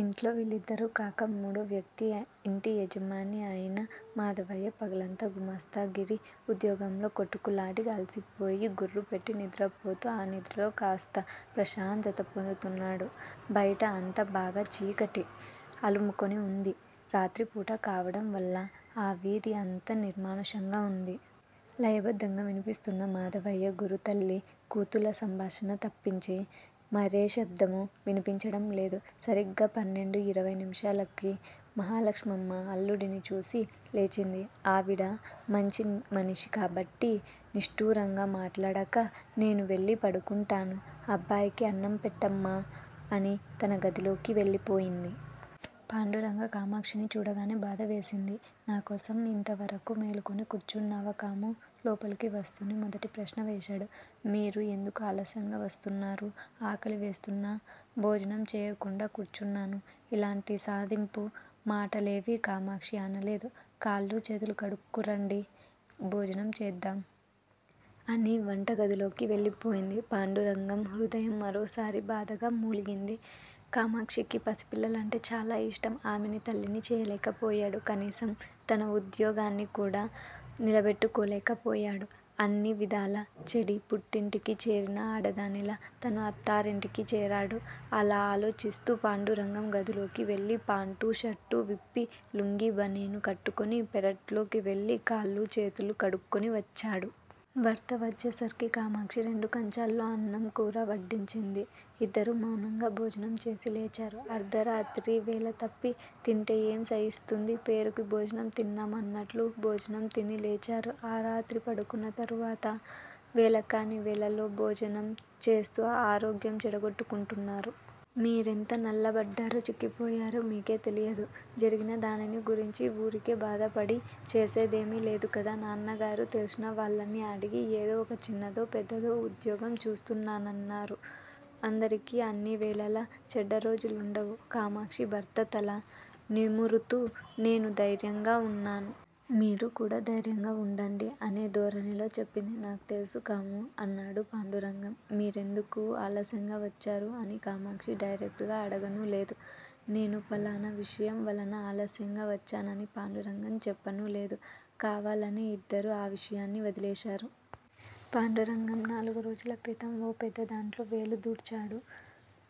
ఇంట్లో వీళ్ళిద్దరూ కాక, మూడో వ్యక్తి, ఇంటి యజమాని అయిన మాధవయ్య పగలంతా గుమాస్తాగిరీ వుద్యోగంలో కొట్టుకులాడి, అలసిపోయి గుర్రుపెట్టి నిద్రపోతూ ఆ నిద్రలో కాస్త ప్రశాంతత పొందుతున్నాడు. బయట అంతా బాగా చీకటి అలుముకొని వుంది. రాత్రిపూట కావడంవల్ల ఆ వీధి అంతా నిర్మానుష్యంగా వుంది. లయబద్ధంగా వినిపిస్తున్న మాధవయ్య గురు తల్లీ కూతుళ్ళ సంభాషణ తప్పించి, మరే శబ్దమూ వినిపించడంలేదు. సరిగ్గా పన్నెండూ ఇరవై నిముషాలకి. మహాలక్ష్మమ్మ అల్లుడిని చూసి లేచింది. ఆవిడ మంచి మనిషి కాబట్టి. నిష్టూరంగా మాట్లాడక, నేను వెళ్ళి పడుకుంటాను. అబ్బాయికి అన్నం పెట్టమ్మా! అని తన గదిలోకి వెళ్ళిపోయింది. పాండురంగ కామాక్షిని చూడగానే బాధవేసింది. నా కోసం ఇంతవరకూ మేలుకుని కూర్చున్నావా కామూ! లోపలికి వస్తూనే మొదటి ప్రశ్న వేశాడు. మీరు ఎందుకు ఆలస్యంగా వస్తున్నారు? ఆకలి వేస్తున్నా భోజనం చెయ్యకుండా కూర్చున్నాను. ఇలాంటి సాధింపు మాటలేవీ కామాక్షి అనలేదు. కాళ్ళూ చేతులూ కడుక్కురండి! భోజనం చేద్దాం! అని వంటగదిలోకి వెళ్ళిపోయింది. పాండురంగం హృదయం మరోసారి బాధగా మూలిగింది. కామాక్షికి పసిపిల్లలంటే చాలా యిష్టం. ఆమెని తల్లిని చేయలేకపోయాడు. కనీసం తన వుద్యోగాన్ని కూడా నిలబెట్టుకోలేకపోయాడు. అన్ని విధాలా చెడి పుట్టింటికి చేరిన ఆడదానిలా తను అత్తవారింటికి చేరాడు! అలా ఆలోచిస్తూ పాండురంగం గదిలోకి వెళ్ళి పాంటూ, షర్టూ విప్పి, లుంగీ బనీను కట్టుకుని పెరట్లోకి వెళ్ళి కాళ్ళూ చేతులూ కడుక్కుని వచ్చాడు. భర్త వచ్చేసరికి కామాక్షి రెండు కంచాల్లో అన్నం కూరా వడ్డించింది. ఇద్దరూ మౌనంగా భోజనం చేసి లేచారు. అర్దరాత్రి, వేళతప్పీ తింటే ఏం సయిస్తుంది? పేరుకి భోజనం తిన్నాం అన్నట్లు భోజనం తిని లేచారు. ఆ రాత్రి పడుకున్న తరువాత. వేళకాని వేళలో భోజనం చేస్తూ ఆరోగ్యం చెడగొట్టుకుంటున్నారు! మీరెంత నల్లబడ్డారో, చిక్కిపోయారో మీకే తెలియదు. జరిగిన దానిని గురించీ వూరికే బాధపడి చేసేదేమీ లేదు కదా! నాన్నగారు తెలిసిన వాళ్ళని అడిగి ఏదో ఒక చిన్నదో పెద్దదో వుద్యోగం చూస్తానన్నారు. అందరికీ అన్నివేళలా చెడ్డరోజులుండవు కామాక్షి భర్త తల నిమురుతూ, నేను ధైర్యంగా వున్నాను. మీరు కూడా ధైర్యంగా వుండండి అనే ధోరణిలో చెప్పింది. నాకు తెలుసు కామూ! అన్నాడు పాండురంగం. మీరెందుకు ఆలస్యంగా వచ్చారు? అని కామాక్షి డైరెక్ట్ గా అడగనూ లేదు. నేను ఫలానా విషయం వలన ఆలస్యంగా వచ్చానని పాండురంగం చెప్పనూ లేదు. కావాలనే ఇద్దరూ ఆ విషయాన్ని వదిలేశారు. పాండురంగం నాలుగురోజుల క్రితమే. ఓ పెద్దదాంట్లో వేలు దూర్చాడు.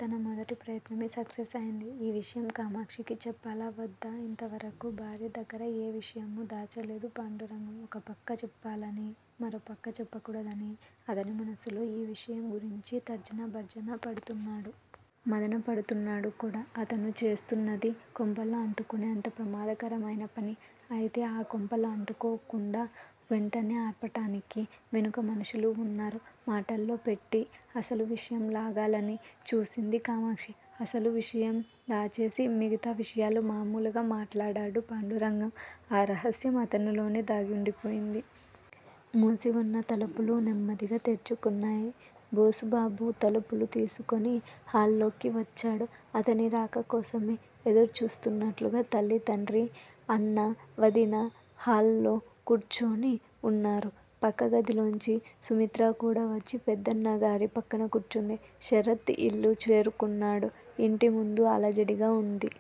తన మొదటి ప్రయత్నమే సక్సెస్ అయ్యింది. ఈ విషయం కామాక్షికి చెప్పాలా వద్దా? ఇంతవరకూ భార్య దగ్గర ఏ విషయమూ దాచలేదు పాండురంగం. ఒకపక్క చెప్పాలని. మరోపక్క చెప్పకూడదని. అతను మనస్సులో ఈ విషయం గురించే తర్జన భర్జన పడుతున్నాడు. మధనపడుతున్నాడు కూడా. అతను చేస్తున్నదీ, కొంపలు అంటుకునేంత ప్రమాదకరమయిన పని. అయితే, ఆ కొంపలు అంటుకోకుండా వెంటనే ఆర్పటానికి వెనుక మనుషులు వున్నారు. మాటల్లోపెట్టి అసలు విషయం లాగాలని చూసింది కామాక్షి. అసలు విషయం దాచేసి మిగతా విషయాలు మామూలుగా మాట్లాడాడు పాండురంగం. ఆ రహస్యం అతనిలోనే దాగుండిపోయింది. మూసివున్న తలుపులు నెమ్మదిగా తెరుచుకున్నాయి. బోసుబాబు తలుపులు తీసుకుని హాల్ లోకి వచ్చాడు. అతని రాకకోసమే ఎదురుచూస్తున్నట్లుగా తల్లి, తండ్రీ, అన్నా, వదిన హాల్ లో కూర్చుని వున్నారు. పక్కగదిలోంచి సుమిత్ర కూడా వచ్చి పెద్దన్నగారి పక్కన కూర్చుంది. శరత్ ఇల్లు చేరుకున్నాడు. ఇంటి ముందు అలజడిగా వుంది.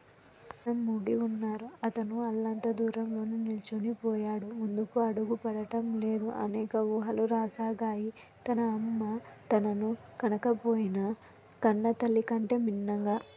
జనం మూగివున్నారు. అతను అల్లంత దూరంలోనే నిల్చుని పోయాడు ముందుకు అడుగు పడటంలేదు. అనేక ఊహలు రాసాగాయి. తన అమ్మ తనను కనకపోయినా కన్నతల్లి కంటే మిన్నగా